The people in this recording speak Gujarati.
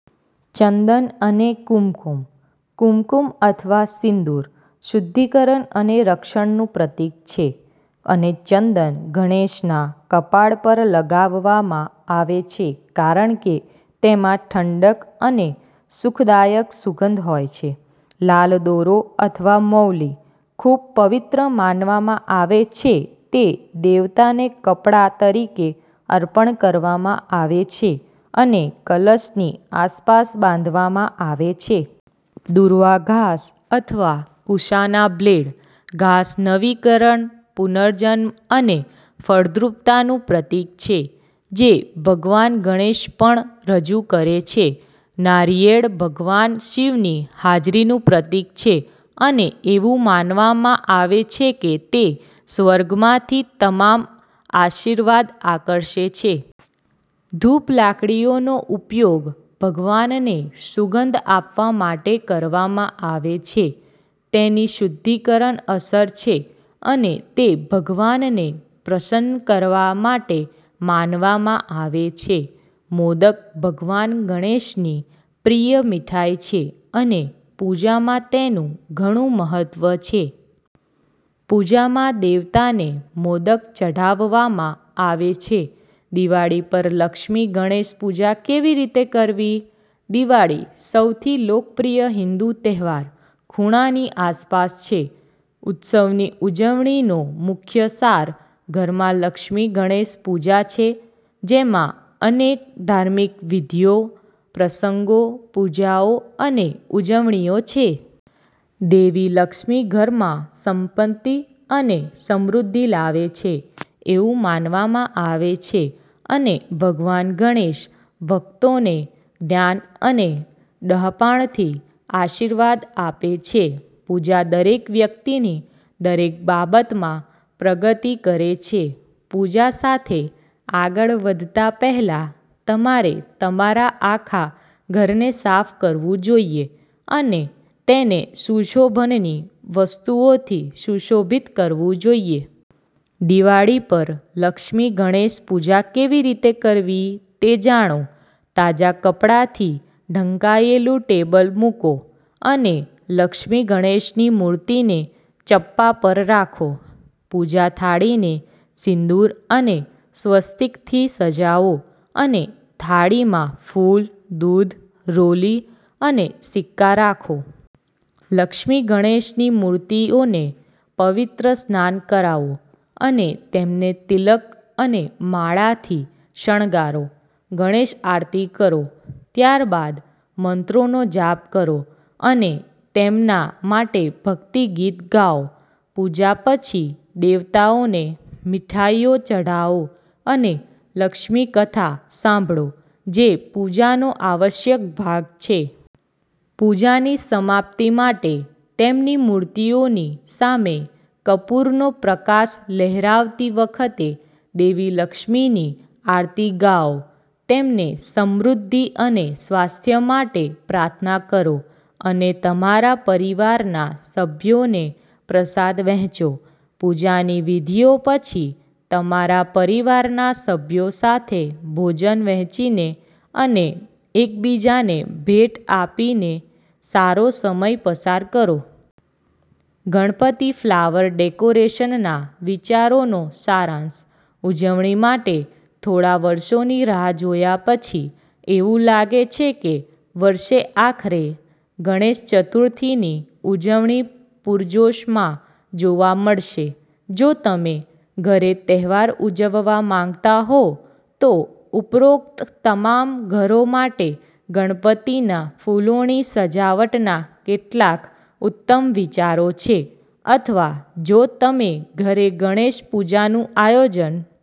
ચંદન અને કુમકુમ. કુમકુમ અથવા સિંદૂર શુદ્ધિકરણ અને રક્ષણનું પ્રતીક છે, અને ચંદન ગણેશના કપાળ પર લગાવવામાં આવે છે કારણ કે તેમાં ઠંડક અને સુખદાયક સુગંધ હોય છે. લાલ દોરો અથવા મૌલી. ખૂબ પવિત્ર માનવામાં આવે છે, તે દેવતાને કપડા તરીકે અર્પણ કરવામાં આવે છે અને કલશની આસપાસ બાંધવામાં આવે છે. દુર્વા ઘાસ અથવા કુશાના બ્લેડ. ઘાસ નવીકરણ, પુનર્જન્મ અને ફળદ્રુપતાનું પ્રતીક છે, જે ભગવાન ગણેશ પણ રજૂ કરે છે. નારિયેળ ભગવાન શિવની હાજરીનું પ્રતીક છે અને એવું માનવામાં આવે છે કે તે સ્વર્ગમાંથી તમામ આશીર્વાદ આકર્ષે છે. ધૂપ લાકડીઓનો ઉપયોગ ભગવાનને સુગંધ આપવા માટે કરવામાં આવે છે. તેની શુદ્ધિકરણ અસર છે અને તે ભગવાનને પ્રસન્ન કરવા માટે માનવામાં આવે છે. મોદક ભગવાન ગણેશની પ્રિય મીઠાઈ છે અને પૂજામાં તેનું ઘણું મહત્વ છે. પૂજામાં દેવતાને મોદક ચઢાવવામાં આવે છે. દિવાળી પર લક્ષ્મી ગણેશ પૂજા કેવી રીતે કરવી? દિવાળી, સૌથી લોકપ્રિય હિન્દુ તહેવાર, ખૂણાની આસપાસ છે. ઉત્સવની ઉજવણીનો મુખ્ય સાર. ઘરમાં લક્ષ્મી ગણેશ પૂજા છે, જેમાં અનેક ધાર્મિક વિધિઓ, પ્રસંગો, પૂજાઓ અને ઉજવણીઓ છે. દેવી લક્ષ્મી ઘરમાં સંપત્તિ અને સમૃદ્ધિ લાવે છે એવું માનવામાં આવે છે, અને ભગવાન ગણેશ ભક્તોને જ્ઞાન અને ડહાપણથી આશીર્વાદ આપે છે. પૂજા દરેક વ્યક્તિની દરેક બાબતમાં પ્રગતિ કરે છે. પૂજા સાથે આગળ વધતા પહેલા, તમારે તમારા આખા ઘરને સાફ કરવું જોઈએ અને તેને સુશોભનની વસ્તુઓથી સુશોભિત કરવું જોઈએ. દિવાળી પર લક્ષ્મી ગણેશ પૂજા કેવી રીતે કરવી તે જાણો. તાજા કપડાથી ઢંકાયેલું ટેબલ મૂકો અને લક્ષ્મી ગણેશની મૂર્તિને ચપ્પા પર રાખો. પૂજા થાળીને સિંદૂર અને સ્વસ્તિકથી સજાવો અને થાળીમાં ફૂલ, દૂધ, રોલી અને સિક્કા રાખો. લક્ષ્મી ગણેશની મૂર્તિઓને પવિત્ર સ્નાન કરાવો અને તેમને તિલક અને માળાથી શણગારો. ગણેશ આરતી કરો, ત્યારબાદ મંત્રોનો જાપ કરો અને તેમના માટે ભક્તિ ગીતો ગાઓ. પૂજા પછી દેવતાઓને મીઠાઈઓ ચઢાવો અને લક્ષ્મી કથા સાંભળો, જે પૂજાનો આવશ્યક ભાગ છે. પૂજાની સમાપ્તિ માટે, તેમની મૂર્તિઓની સામે કપૂરનો પ્રકાશ લહેરાવતી વખતે દેવી લક્ષ્મીની આરતી ગાઓ. તેમને સમૃદ્ધિ અને સ્વાસ્થ્ય માટે પ્રાર્થના કરો અને તમારા પરિવારના સભ્યોને પ્રસાદ વહેંચો. પૂજાની વિધિઓ પછી, તમારા પરિવારના સભ્યો સાથે ભોજન વહેંચીને અને એકબીજાને ભેટ આપીને સારો સમય પસાર કરો. ગણપતિ ફ્લાવર ડેકોરેશનના વિચારોનો સારાંશ. ઉજવણી માટે થોડા વર્ષોની રાહ જોયા પછી, એવું લાગે છે કે વર્ષે આખરે ગણેશ ચતુર્થીની ઉજવણી પૂરજોશમાં જોવા મળશે. જો તમે ઘરે તહેવાર ઉજવવા માંગતા હો, તો ઉપરોક્ત તમામ ઘરો માટે ગણપતિના ફૂલોની સજાવટના કેટલાક ઉત્તમ વિચારો છે. અથવા, જો તમે ઘરે ગણેશ પૂજાનું આયોજન